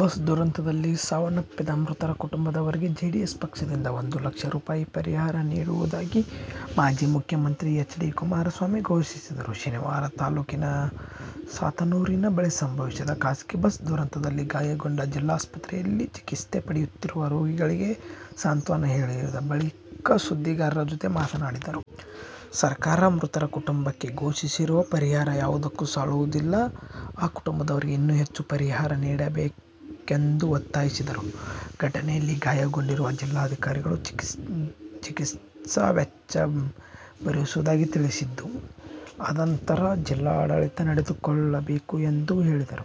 Bus ದುರಂತದಲ್ಲಿ ಸಾವನ್ನಪ್ಪಿದ ಮೃತರ ಕುಟುಂಬದವರಿಗೆ ಜೆಡಿಎಸ್ ಪಕ್ಷದಿಂದ ಒಂದು ಲಕ್ಷ ರೂಪಾಯಿ ಪರಿಹಾರ ನೀಡುವುದಾಗಿ ಮಾಜಿ ಮುಖ್ಯಮಂತ್ರಿ ಹೆಚ್. ಡಿ. ಕುಮಾರಸ್ವಾಮಿ ಘೋಷಿಸಿದರು. ಶನಿವಾರ ತಾಲೂಕಿನ ಸಾತನೂರಿನ ಬಳಿ ಸಂಭವಿಸಿದ ಖಾಸಗಿ ಬಸ್ ದುರಂತದಲ್ಲಿ ಗಾಯಗೊಂಡು ಜಿಲ್ಲಾಸ್ಪತ್ರೆಯಲ್ಲಿ ಚಿಕಿತ್ಸೆ ಪಡೆಯುತ್ತಿರುವ ರೋಗಿಗಳಿಗೆ ಸಾಂತ್ವನ ಹೇಳಿದ ಬಳಿಕ ಸುದ್ದಿಗಾರರ ಜೊತೆ ಮಾತನಾಡಿದರು. ಸರ್ಕಾರ ಮೃತರ ಕುಟುಂಬಕ್ಕೆ ಘೋಷಿಸಿರುವ ಪರಿಹಾರ ಯಾವುದಕ್ಕೂ ಸಾಲುವುದಿಲ್ಲ. ಆ ಕುಟುಂಬದವರಿಗೆ ಇನ್ನೂ ಹೆಚ್ಚಿನ ಪರಿಹಾರ ನೀಡಬೇಕೆಂದು ಒತ್ತಾಯಿಸಿದರು. ಘಟನೆಯಲ್ಲಿ ಗಾಯಗೊಂಡವರಿಗೆ ಜಿಲ್ಲಾಧಿಕಾರಿಗಳು ಚಿಕಿತ್ಸಾ ವೆಚ್ಚ ಭರಿಸುವುದಾಗಿ ತಿಳಿಸಿದ್ದು, ಅದರಂತೆ ಜಿಲ್ಲಾಡಳಿತ ನಡೆದುಕೊಳ್ಳಬೇಕು ಎಂದು ಹೇಳಿದರು.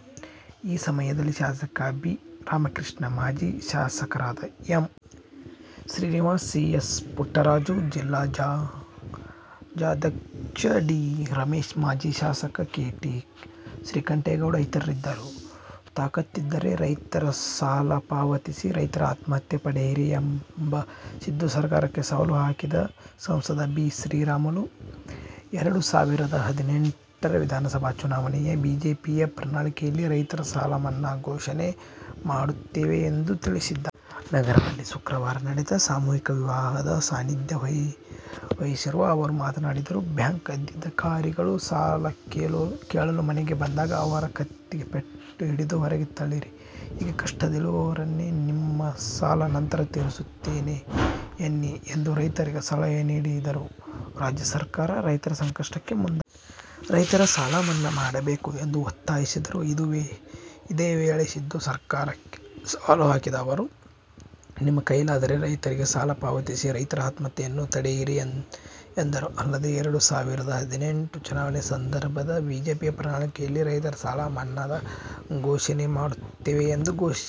ಈ ಸಮಯದಲ್ಲಿ ಶಾಸಕ ಬಿ. ರಾಮಕೃಷ್ಣ, ಮಾಜಿ ಶಾಸಕರಾದ M. Srinivas, C. S. Puttaraju, ಜಿಲ್ಲಾ ಜಾ. ದಳ ಅಧ್ಯಕ್ಷ ಡಿ. ರಮೇಶ್ ಮಾಜಿ ಶಾಸಕ ಕೆ. ಟಿ. ಶ್ರೀಕಂಠೇಗೌಡ ಇತರರಿದ್ದರು. ತಾಕತ್ತಿದ್ದರೆ ರೈತರ ಸಾಲ ಪಾವತಿಸಿ, ರೈತರ ಆತ್ಮಹತ್ಯೆ ತಡೆಯಿರಿ ಎಂದು ಸಿದ್ದು ಸರ್ಕಾರಕ್ಕೆ ಸವಾಲು ಹಾಕಿರುವ ಸಂಸದ ಬಿ. ಶ್ರೀರಾಮುಲು, ಎರಡು ಸಾವಿರದ ಹದಿನೆಂಟರ ವಿಧಾನಸಭಾ ಚುನಾವಣೆಯ ಬಿಜೆಪಿ ಪ್ರಣಾಳಿಕೆಯಲ್ಲಿ ರೈತರ ಸಾಲ ಮನ್ನಾ ಘೋಷಣೆ ಮಾಡುತ್ತೇವೆ ಎಂದು ತಿಳಿಸಿದ್ದಾರೆ. ನಗರದಲ್ಲಿ ಶುಕ್ರವಾರ ನಡೆದ ಸಾಮೂಹಿಕ ವಿವಾಹದ ಸಾನ್ನಿಧ್ಯ ವಹಿಸಿ ಅವರು ಮಾತನಾಡಿದರು. ಬ್ಯಾಂಕ್ ಅಧಿಧಿಕಾರಿಗಳು ಸಾಲ ಕೇಳಲು ಮನೆಗೆ ಬಂದಾಗ ಅವರ ಕತ್ತಿನ ಪಟ್ಟಿ ಹಿಡಿದು ಹೊರಗೆ ತಳ್ಳಿರಿ. ಈಗ ಕಷ್ಟದಲ್ಲಿದ್ದೇನೆ. ನಿಮ್ಮ ಸಾಲ ನಂತರ ತೀರಿಸುತ್ತೇನೆ ಎನ್ನಿ ಎಂದು ರೈತರಿಗೆ ಸಲಹೆ ನೀಡಿದರು. ರಾಜ್ಯ ಸರ್ಕಾರ ರೈತರ ಸಂಕಷ್ಟಕ್ಕೆ ಮುಂದಾಗಬೇಕು. ರೈತರ ಸಾಲ ಮನ್ನಾ ಮಾಡಬೇಕು ಎಂದು ಒತ್ತಾಯಿಸಿದರು. ಇದೇ ವೇಳೆ, ಸಿದ್ದು ಸರ್ಕಾರಕ್ಕೆ ಸವಾಲು ಹಾಕಿದ ಅವರು, ನಿಮ್ಮ ಕೈಲಾದರೆ ರೈತರ ಸಾಲ ಪಾವತಿಸಿ, ರೈತರ ಆತ್ಮಹತ್ಯೆಗಳನ್ನು ತಡೆಯಿರಿ ಎಂದರು. ಅಲ್ಲದೆ, ಎರಡು ಸಾವಿರದ ಹದಿನೆಂಟುರ ಚುನಾವಣೆ ಸಂದರ್ಭ ಬಿಜೆಪಿ ಪ್ರಣಾಳಿಕೆಯಲ್ಲಿ ರೈತರ ಸಾಲ ಮನ್ನಾದ ಘೋಷಣೆ ಮಾಡುತ್ತೇವೆ ಎಂದು ಘೋಷಿಸಿದರು